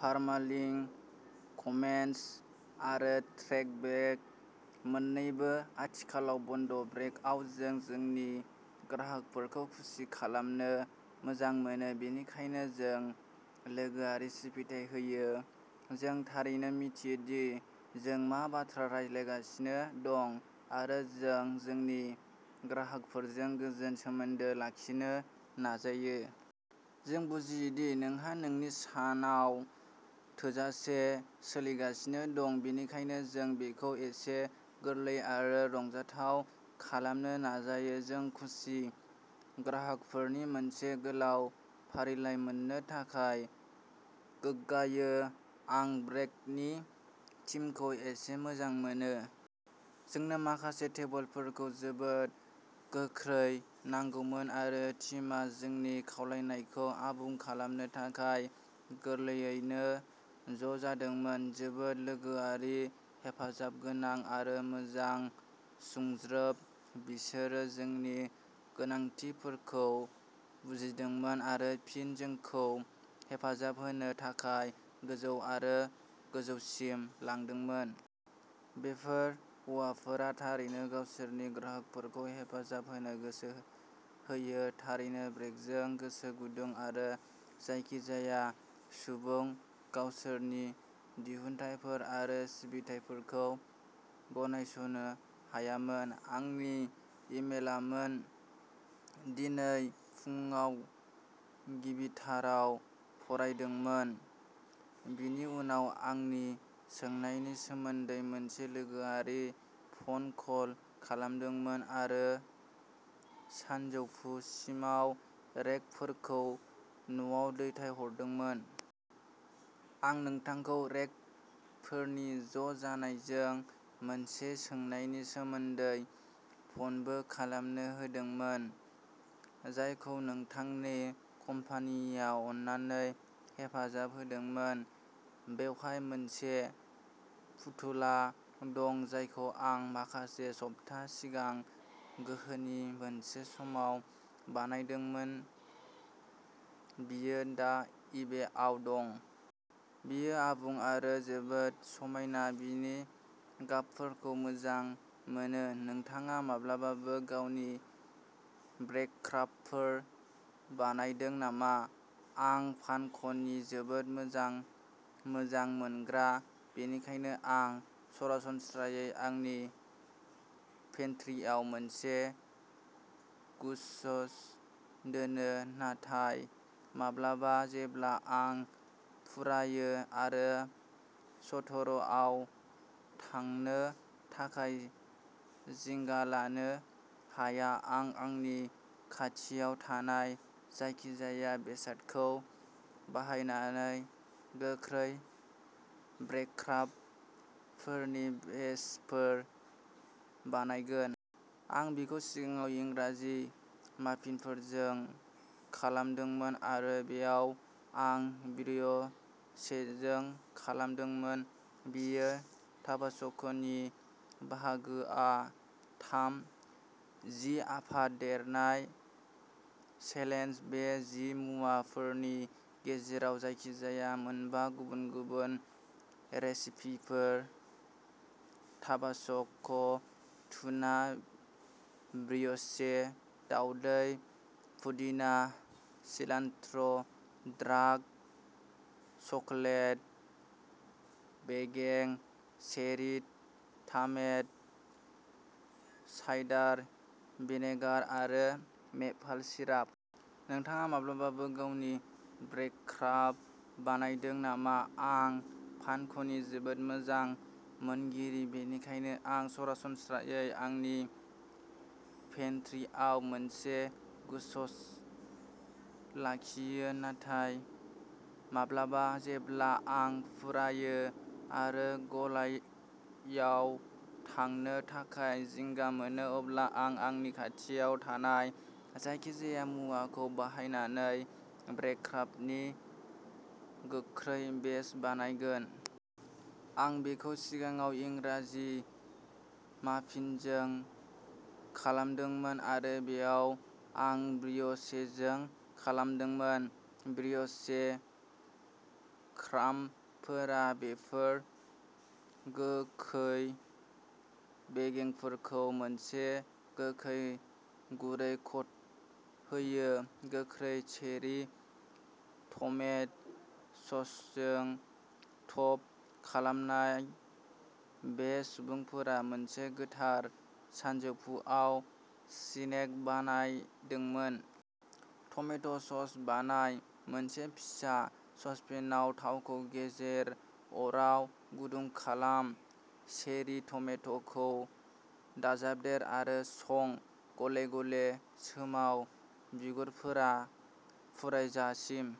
Permalink comments आरो trackback मोननैबो आथिखालाव बन्द’। ब्रेक'आव जों जोंनि ग्राहकफोरखौ खुसि खालामनो मोजां मोनो। बेनिखायनो, जों लोगोआरि सिबिथाइ होयो। जों थारैनो मिथियो दि जों मा बाथ्रा रायज्लायगासिनो दं, आरो जों जोंनि ग्राहकफोरजों गोजोन सोमोन्दो लाखिनो नाजायो। जों बुजियो दि नोंहा नोंनि सानाव थोजासे सोलिगासिनो दं, बेनिखायनो जों बेखौ एसे गोरलै आरो रंजाथाव खालामनो नाजायो। जों खुसि ग्राहकफोरनि मोनसे गोलाव फारिलाइ मोननो थाखाय गोग्गायो। "आं ब्रेक'नि टिमखौ एसे मोजां मोनो। जोंनो माखासे टेबोलफोरखौ जोबोद गोख्रै नांगौमोन आरो टिमआ जोंनि खावलायनायखौ आबुं खालामनो थाखाय गोरलैयैनो ज' जादोंमोन। जोबोद लोगोआरि हेफाजाबगोनां, आरो मोजां सुंज्रोब, बिसोरो जोंनि गोनांथिफोरखौ बुजिदोंमोन आरो फिन जोंखौ हेफाजाब होनो थाखाय गोजौ आरो गोजौसिम लांदोंमोन। बेफोर हौवाफोरा थारैनो गावसोरनि ग्राहकफोरखौ हेफाजाब होनो गोसो होयो। थारैनो ब्रेक'जों गोसो गुदुं, आरो जायखिजाया सुबुं गावसोरनि दिहुनथायफोर आरो सिबिथाइफोरखौ गनायस'नो हायामोन।" आंनि इमेलामोन। दिनै फुंआव गिबिथाराव फरायदोंमोन, बिनि उनाव आंनि सोंनायनि सोमोन्दै मोनसे लोगोआरि फन कल खालामदोंमोन, आरो सानजौफुसिमाव रेक फोरखौ न'आव दैथायहरदोंमोन। आं नोंथांखौ रेक फोरनि ज' जानायजों मोनसे सोंनायनि सोमोन्दै फनबो खालामनो होदोंमोन, जायखौ नोंथांनि कम्पानिया अननानै हेफाजाब होदोंमोन। "बेवहाय मोनसे फुथुला दं जायखौ आं माखासे सप्ता सिगां गोहोनि मोनसे समाव बानायदोंमोन। बियो दा इबे आव दं। बियो आबुं, आरो जोबोद समायना, बिनि गाबफोरखौ मोजां मोनो। नोंथाङा माब्लाबाबो गावनि ब्रेडक्राम्बफोर बानायदों नामा? आं पानक'नि जोबोद मोजां मोजां मोनग्रा, बेनिखायनो आं सरासनस्रायै आंनि पेन्ट्रिआव मोनसे गुस्स’ दोनो, नाथाय माब्लाबा जेब्ला आं फुरायो आरो स्ट'रआव थांनो थाखाय जिंगा लानो हाया, आं आंनि खाथियाव थानाय जायखिजाया बेसादखौ बाहायनानै गोख्रै ब्रेडक्राबफोरनि बेचफोर बानायगोन। आं बेखौ सिगाङाव इंराजि माफिनफोरजों खालामदोंमोन आरो बेयाव आं ब्रिय'चेजों खालामदोंमोन। बेयो ताबासक'नि बाहागोआ थाम। जि आफादेरनाय चेलेन्ज बे जि मुवाफोरनि गेजेराव जायखि-जाया मोन बा गुबुन-गुबुन रेसिपिफोर टाबासक', टुना, ब्रिय'चे, दाउदै, पुदिना सिलान्ट्र', डार्क चकलेट, बेगें, चेरि टामेट', साइडार भिनेगार आरो मेपल सिराप। नोंथाङा माब्लाबाबो गावनि ब्रेडक्राम्ब बानायदों नामा? आं पानक'नि जोबोद मोजां मोनगिरि, बेनिखायनो आं सरासनस्रायै आंनि पेन्ट्रिआव मोनसे गुस्स’ लाखियो, नाथाय माब्लाबा जेब्ला आं फुरायो आरो गलायाव थांनो थाखाय जिंगा मोनो, अब्ला आं आंनि खाथियाव थानाय जायखिजाया मुवाखौ बाहायनानै ब्रेडक्राबनि गोख्रै बेच बानायगोन। आं बेखौ सिगाङाव इंराजि माफिनजों खालामदोंमोन आरो बेयाव आं ब्रिय'चेजों खालामदोंमोन। ब्रिय'चे क्राम्बफोरा बेफोर गोखै बेगेंफोरखौ मोनसे गोखै, गुरै कट होयो। गोख्रै चेरि टमेट' ससजों टप खालामनाय, बे सुबुंफोरा मोनसे गोथार सानजौफुआव सिनेक बानायदोंमोन। टमेट' सस बानाय मोनसे फिसा ससपेनाव, थावखौ गेजेर अराव गुदुं खालाम। चेरि टमेट'खौ दाजाबदेर आरो सं, गले गले सोमाव बिगुरफोरा फुरायजासिम।